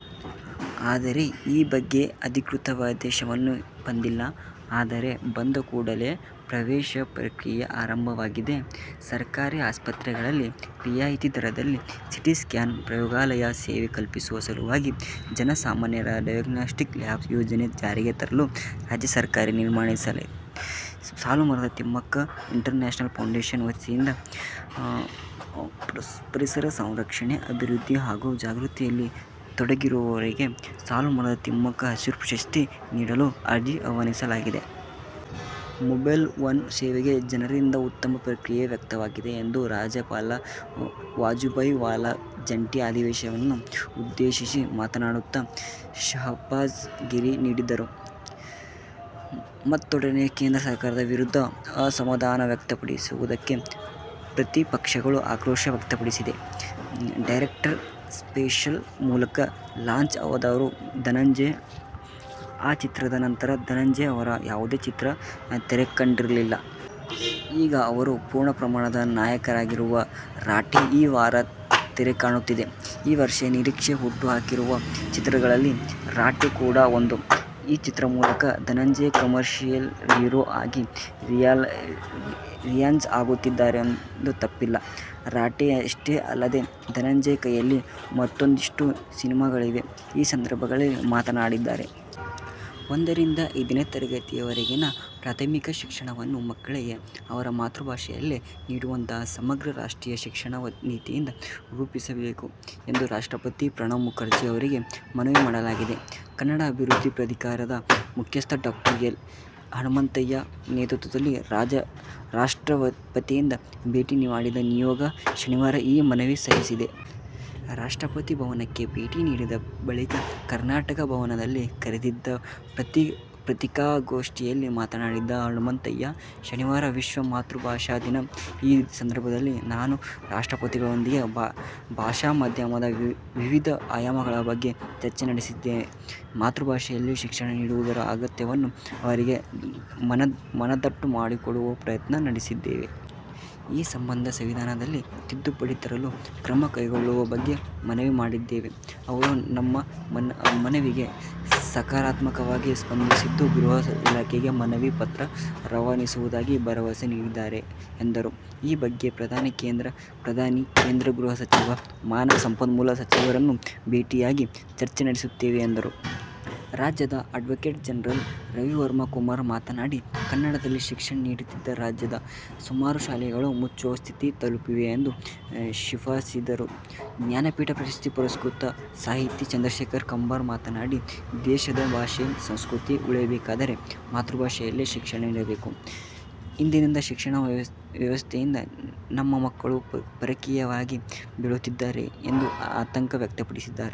ಆದರೆ ಈ ಬಗ್ಗೆ ಅಧಿಕೃತ ಆದೇಶವಿನ್ನೂ ಬಂದಿಲ್ಲ. ಆದೇಶ ಬಂದ ಕೂಡಲೇ ಪ್ರವೇಶ ಪ್ರಕ್ರಿಯೆ ಆರಂಭವಾಗಿದೆ. ಸರ್ಕಾರಿ ಆಸ್ಪತ್ರೆಗಳಲ್ಲಿ ರಿಯಾಯಿತಿ ದರದಲ್ಲಿ ಸಿ. ಟಿ. ಸ್ಕ್ಯಾನ್, ಪ್ರಯೋಗಾಲಯ ಸೇವೆ ಕಲ್ಪಿಸುವ ಸಲುವಾಗಿ ಜನಸಾಮಾನ್ಯರ ಡಯೋಗ್ನಾಸ್ಟಿಕ್ ಲ್ಯಾಬ್ ಯೋಜನೆ ಜಾರಿಗೆ ತರಲು ರಾಜ್ಯ ಸರ್ಕಾರ ತೀರ್ಮಾನಿಸಿದೆ. ಸಾಲುಮರದ ತಿಮ್ಮಕ್ಕ ಇಂಟರ್ನ್ಯಾಷನಲ್ ಫೌಂಡೇಷನ್ ವತಿಯಿಂದ ಪರಿಸರ ಸಂರಕ್ಷಣೆ, ಅಭಿವೃದ್ಧಿ ಹಾಗೂ ಜಾಗೃತಿಯಲ್ಲಿ ತೊಡಗಿರುವವರಿಗೆ "ಸಾಲುಮರದ ತಿಮ್ಮಕ್ಕ ಹಸಿರು ಪ್ರಶಸ್ತಿ' ನೀಡಲು ಅರ್ಜಿ ಆಹ್ವಾನಿಸಲಾಗಿದೆ. ಮೊಬೈಲ್ ಒನ್ ಸೇವೆಗೆ ಜನರಿಂದ ಉತ್ತಮ ಪ್ರತಿಕ್ರಿಯೆ ವ್ಯಕ್ತವಾಗಿದೆ ಎಂದು ರಾಜ್ಯಪಾಲ ವಜುಭಾಯಿ ವಾಲಾ ಜಂಟಿ ಅಧಿವೇಶನವನ್ನು ಉದ್ದೇಶಿಸಿ ಮಾತನಾಡುತ್ತ ಶಹಬ್ಬಾಸ್ ಗಿರಿ ನೀಡಿದರು. ಮತ್ತೊಂದೆಡೆ ಕೇಂದ್ರ ಸರ್ಕಾರದ ವಿರುದ್ಧ ಅಸಮಾಧಾನವ್ಯಕ್ತಪಡಿಸಿರುವುದಕ್ಕೆ ಪ್ರತಿಪಕ್ಷಗಳು ಆಕ್ರೋಶ ವ್ಯಕ್ತಪಡಿಸಿವೆ. "ಡೈರೆಕ್ಟರ್ ಸ್ಪೆಷಲ್' ಮೂಲಕ ಲಾಂಚ್ ಆದವರು ಧನಂಜಯ್. ಆ ಚಿತ್ರದ ನಂತರ ಧನಂಜಯ್ ಅವರ ಯಾವುದೇ ಚಿತ್ರ ತೆರೆಕಂಡಿರಲಿಲ್ಲ. ಈಗ ಅವರು ಪೂರ್ಣಪ್ರಮಾಣದ ನಾಯಕರಾಗಿರುವ "ರಾಟೆ' ಈ ವಾರ ತೆರೆಕಾಣುತ್ತಿದೆ. ಈ ವರ್ಷ ನಿರೀಕ್ಷೆ ಹುಟ್ಟುಹಾಕಿರುವ ಚಿತ್ರಗಳಲ್ಲಿ "ರಾಟೆ' ಕೂಡಾ ಒಂದು. ಈ ಚಿತ್ರದ ಮೂಲಕ ಧನಂಜಯ್ ಕಮರ್ಷಿಯಲ್ ಹೀರೋ ಆಗಿ ರೀಲಾಂಚ್ ಆಗುತ್ತಿದ್ದಾರೆಂದರೆ ತಪ್ಪಲ್ಲ. "ರಾಟೆ'ಯಷ್ಟೇ ಅಲ್ಲದೇ, ಧನಂಜಯ್ ಕೈಯಲ್ಲಿ ಮತ್ತೂಂದಿಷ್ಟು ಸಿನಿಮಾಗಳಿವೆ. ಈ ಸಂದರ್ಭದಲ್ಲಿ ಮಾತನಾಡಿದ್ದಾರೆ. ಒಂದರಿಂದ ಐದನೇ ತರಗತಿವರೆಗಿನ ಪ್ರಾಥಮಿಕ ಶಿಕ್ಷಣವನ್ನು ಮಕ್ಕಳಿಗೆ ಅವರ ಮಾತೃಭಾಷೆಯಲ್ಲೇ ನೀಡುವಂತಹ ಸಮಗ್ರ ರಾಷ್ಟ್ರೀಯ ಶಿಕ್ಷಣ ನೀತಿಯನ್ನು ರೂಪಿಸಬೇಕು ಎಂದು ರಾಷ್ಟ್ರಪತಿ ಪ್ರಣವ್ ಮುಖರ್ಜಿ ಅವರಿಗೆ ಮನವಿ ಮಾಡಲಾಗಿದೆ. ಕನ್ನಡ ಅಭಿವೃದ್ಧಿ ಪ್ರಾಧಿಕಾರದ ಮುಖ್ಯಸ್ಥ ಡಾ. ಎಲ್. ಹನುಮಂತಯ್ಯ ನೇತೃತ್ವದಲ್ಲಿ ರಾಷ್ಟ್ರಪತಿಯನ್ನು ಭೇಟಿ ಮಾಡಿದ ನಿಯೋಗ, ಶನಿವಾರ ಈ ಮನವಿ ಸಲ್ಲಿಸಿದೆ. ರಾಷ್ಟ್ರಪತಿ ಭವನಕ್ಕೆ ಭೇಟಿ ನೀಡಿದ ಬಳಿಕ ಕರ್ನಾಟಕ ಭವನದಲ್ಲಿ ಕರೆದಿದ್ದ ಪತ್ರಿಕಾಗೋಷ್ಠಿಯಲ್ಲಿ ಮಾತನಾಡಿದ ಹನುಮಂತಯ್ಯ, ಶನಿವಾರ ವಿಶ್ವ ಮಾತೃಭಾಷಾ ದಿನ. ಈ ಸಂದರ್ಭದಲ್ಲಿ ನಾವು ರಾಷ್ಟ್ರಪತಿಗಳೊಂದಿಗೆ ಭಾಷಾ ಮಾಧ್ಯಮದ ವಿವಿಧ ಆಯಾಮಗಳ ಬಗ್ಗೆ ಚರ್ಚೆ ನಡೆಸಿದ್ದೇವೆ. ಮಾತೃಭಾಷೆಯಲ್ಲೇ ಶಿಕ್ಷಣ ನೀಡುವುದರ ಅಗತ್ಯವನ್ನು ಅವರಿಗೆ ಮನದಟ್ಟು ಮಾಡಿಕೊಡುವ ಪ್ರಯತ್ನ ನಡೆಸಿದ್ದೇವೆ. ಈ ಸಂಬಂಧ ಸಂವಿಧಾನದಲ್ಲಿ ತಿದ್ದುಪಡಿ ತರಲು ಕ್ರಮ ಕೈಗೊಳ್ಳುವ ಬಗ್ಗೆ ಮನವಿ ಮಾಡಿದ್ದೇವೆ. ಅವರು ನಮ್ಮ ಮನವಿಗೆ ಸಕಾರಾತ್ಮಕವಾಗಿ ಸ್ಪಂದಿಸಿದ್ದು ಗೃಹ ಇಲಾಖೆಗೆ ಮನವಿ ಪತ್ರ ರವಾನಿಸುವುದಾಗಿ ಭರವಸೆ ನೀಡಿದ್ದಾರೆ ಎಂದರು. ಈ ಬಗ್ಗೆ ಪ್ರಧಾನಿ, ಕೇಂದ್ರ ಗೃಹ ಸಚಿವ, ಮಾನವ ಸಂಪನ್ಮೂಲ ಸಚಿವರನ್ನೂ ಭೇಟಿಯಾಗಿ, ಚರ್ಚೆ ನಡೆಸುತ್ತೇವೆ ಎಂದರು. ರಾಜ್ಯದ ಅಡ್ವೋಕೇಟ್ ಜನರಲ್ ರವಿವರ್ಮ ಕುಮಾರ್ ಮಾತನಾಡಿ, ಕನ್ನಡದಲ್ಲಿ ಶಿಕ್ಷಣ ನೀಡುತ್ತಿದ್ದ ರಾಜ್ಯದ ಸುಮಾರು ಶಾಲೆಗಳು ಮುಚ್ಚುವ ಸ್ಥಿತಿ ತಲುಪಿವೆ ಎಂದು ವಿಷಾದಿಸಿದರು. ಜ್ಞಾನಪೀಠ ಪ್ರಶಸ್ತಿ ಪುರಸ್ಕೃತ ಸಾಹಿತಿ ಚಂದ್ರಶೇಖರ ಕಂಬಾರ ಮಾತನಾಡಿ, ದೇಶದ ಭಾಷೆ, ಸಂಸ್ಕೃತಿ ಉಳಿಯಬೇಕಾದರೆ ಮಾತೃಭಾಷೆಯಲ್ಲೇ ಶಿಕ್ಷಣ ನೀಡಬೇಕು. ಇಂದಿನ ಶಿಕ್ಷಣ ವ್ಯವಸ್ಥೆಯಿಂದ ನಮ್ಮ ಮಕ್ಕಳು ಪರಕೀಯರಾಗಿ ಬೆಳೆಯುತ್ತಿದ್ದಾರೆ ಎಂದು ಆತಂಕ ವ್ಯಕ್ತಪಡಿಸಿದರು.